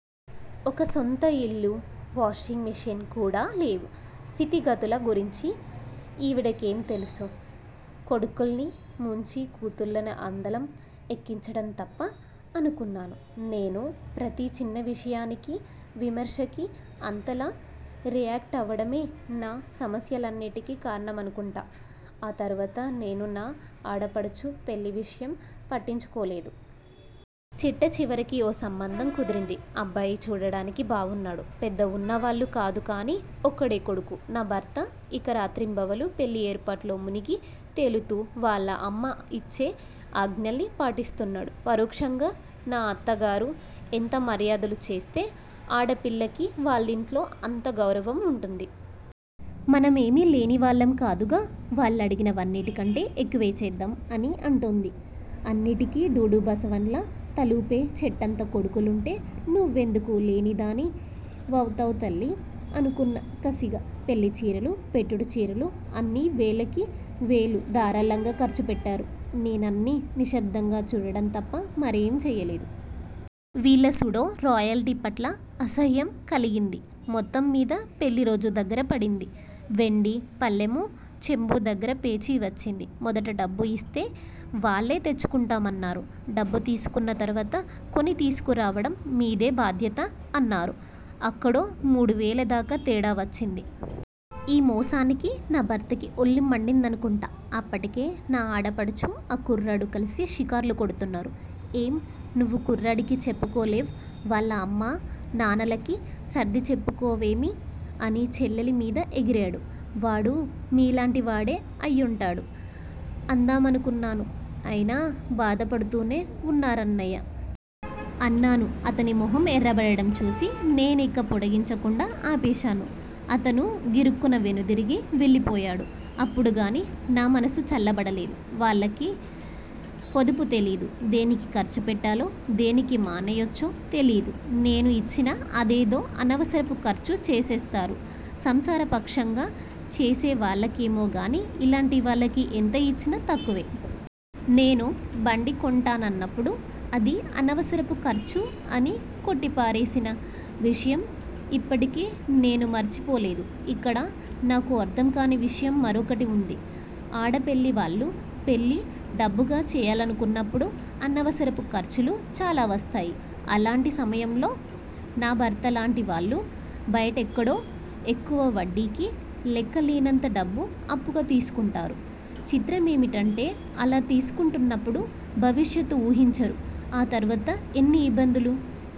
ఒక సొంత ఇల్లు, ఓ వాషింగ్ మెషీన్ కూడా లేవు. స్థితిగతుల గురించి ఈవిడకేం తెల్సు? కొడుకుల్ని ముంచి కూతులన్ని అందలం ఎక్కించడం తప్ప అనుకున్నాను. నేను ప్రతి చిన్న విషయానికీ, విమర్శకి అంతలా రియాక్టవడమే నా సమస్యలన్నింటికీ కారణమనుకుంటా. ఆ తర్వాత నేను నా ఆడపడుచు పెళ్ళి విషయం పట్టించుకోలేదు. చిట్టచివరికి ఓ సంబంధం కుదిరింది. అబ్బాయి చూడడానికి బావున్నాడు. పెద్ద వున్నవాళ్ళు కాదు కానీ ఒక్కడే కొడుకు. నా భర్త ఇక రాత్రింబవళ్ళూ పెళ్ళి ఏర్పాట్లో మునిగి తేలుతూ వాళ్ళ అమ్మ ఇచ్చే ఆజ్ఞల్ని పాటిస్తున్నాడు. పరోక్షంగా నా అత్తగారు ఎంత మర్యాదలు చేస్తే ఆడపిల్లకి వాళ్ళింట్లో అంత గౌరవం వుంటుంది. మనమేం లేనివాళ్ళం కాదుగా. వాళ్ళడిగిన వన్నిటికంటె ఎక్కువే చేద్దాం అని అంటోంది. అన్నిటికీ డూడూ బసవన్నల్లా తలూపే చెట్టంత కొడుకులుంటే నువ్వెందుకు లేనిదాని వవుతావు తల్లీ? అనుకున్నాను కసిగా. పెళ్ళిచీరలూ, పెట్టుడు చీరలూ అని వేలకి వేలు ధారాళంగా ఖర్చుపెట్టారు. నేనన్నీ నిశ్శబ్దంగా చూడడం తప్ప మరేం చెయ్యలేదు. వీళ్ళ సూడో రాయల్టీ పట్ల అసహ్యం కలిగింది. మొత్తం మీద పెళ్ళిరోజు దగ్గర పడింది. వెండి పళ్ళెమూ, చెంబూ దగ్గర పేచీ వచ్చింది. మొదట డబ్బు ఇస్తే వాళ్ళే తెచ్చుకుంటామన్నారు. డబ్బు తీసుకున్న తర్వాత 'కొని తీసుకురావడం మీదే బాధ్యత' అన్నారు. అక్కడో మూడువేల దాకా తేడా వచ్చింది. ఈ మోసానికి నా భర్తకి ఒళ్ళు మండిందనుకుంటా అప్పటికే నా ఆడపడుచూ, ఆ కుర్రాడూ కలిసి షికార్లు కొడుతున్నారు. ఏం? నువ్వు కుర్రాడికి చెప్పుకోలేవ్, వాళ్ళ అమ్మా నాన్నలకి సర్దిచెప్పుకోవేమి? అని చెల్లెలి మీద ఎగిరాడు. 'వాడూ మీలాంటి వాడే అయుంటాడు' అందామనుకున్నాను. ఆయిన బాధపడ్తూనే వున్నారాన్నయ్యా! అన్నాను. అతని మొహం ఎర్రబడడం చూసి నేనిక పొడిగించకుండా ఆపేశాను. అతను గిరుక్కున వెనుదిరిగి వెళ్ళిపోయాడు. అప్పుడుగానీ నా మనసు చల్లబడలేదు. వాళ్ళకి పొదుపు తెలీదు. దేనికి ఖర్చు పెట్టాలో, దేనికి మానెయ్యొచ్చో తెలీదు. నేను ఇచ్చినా అదేదో అనవసరపు ఖర్చు చేసేస్తారు. సంసారపక్షంగా చేసేవాళ్ళకేమోగానీ, ఇలాంటి వాళ్ళకి ఎంత ఇచ్చినా తక్కువే. నేను బండి కొంటానన్నప్పుడు 'అది అనవసరపు ఖర్చు' అని కొట్టిపారేసిన విషయం ఇప్పటికీ నేను మరిచిపోలేదు! ఇక్కడ నాకు అర్థంకాని విషయం మరొకటి వుంది. ఆడపెళ్ళివాళ్ళు పెళ్ళి డబ్బుగా చెయ్యాలనుకున్నప్పుడు అనవసరపు ఖర్చులు చాలా వస్తాయి. అలాంటి సమయాల్లో నా భర్త లాంటి వాళ్ళు బయటెక్కడో ఎక్కువ వడ్డీకి లెక్కలేనంత డబ్బు అప్పుగా తీసుకుంటారు. చిత్రమేమిటంటే అలా తీసుకుంటున్నప్పుడు భవిష్యత్తు వూహించరు. ఆ తర్వాత ఎన్ని ఇబ్బందులు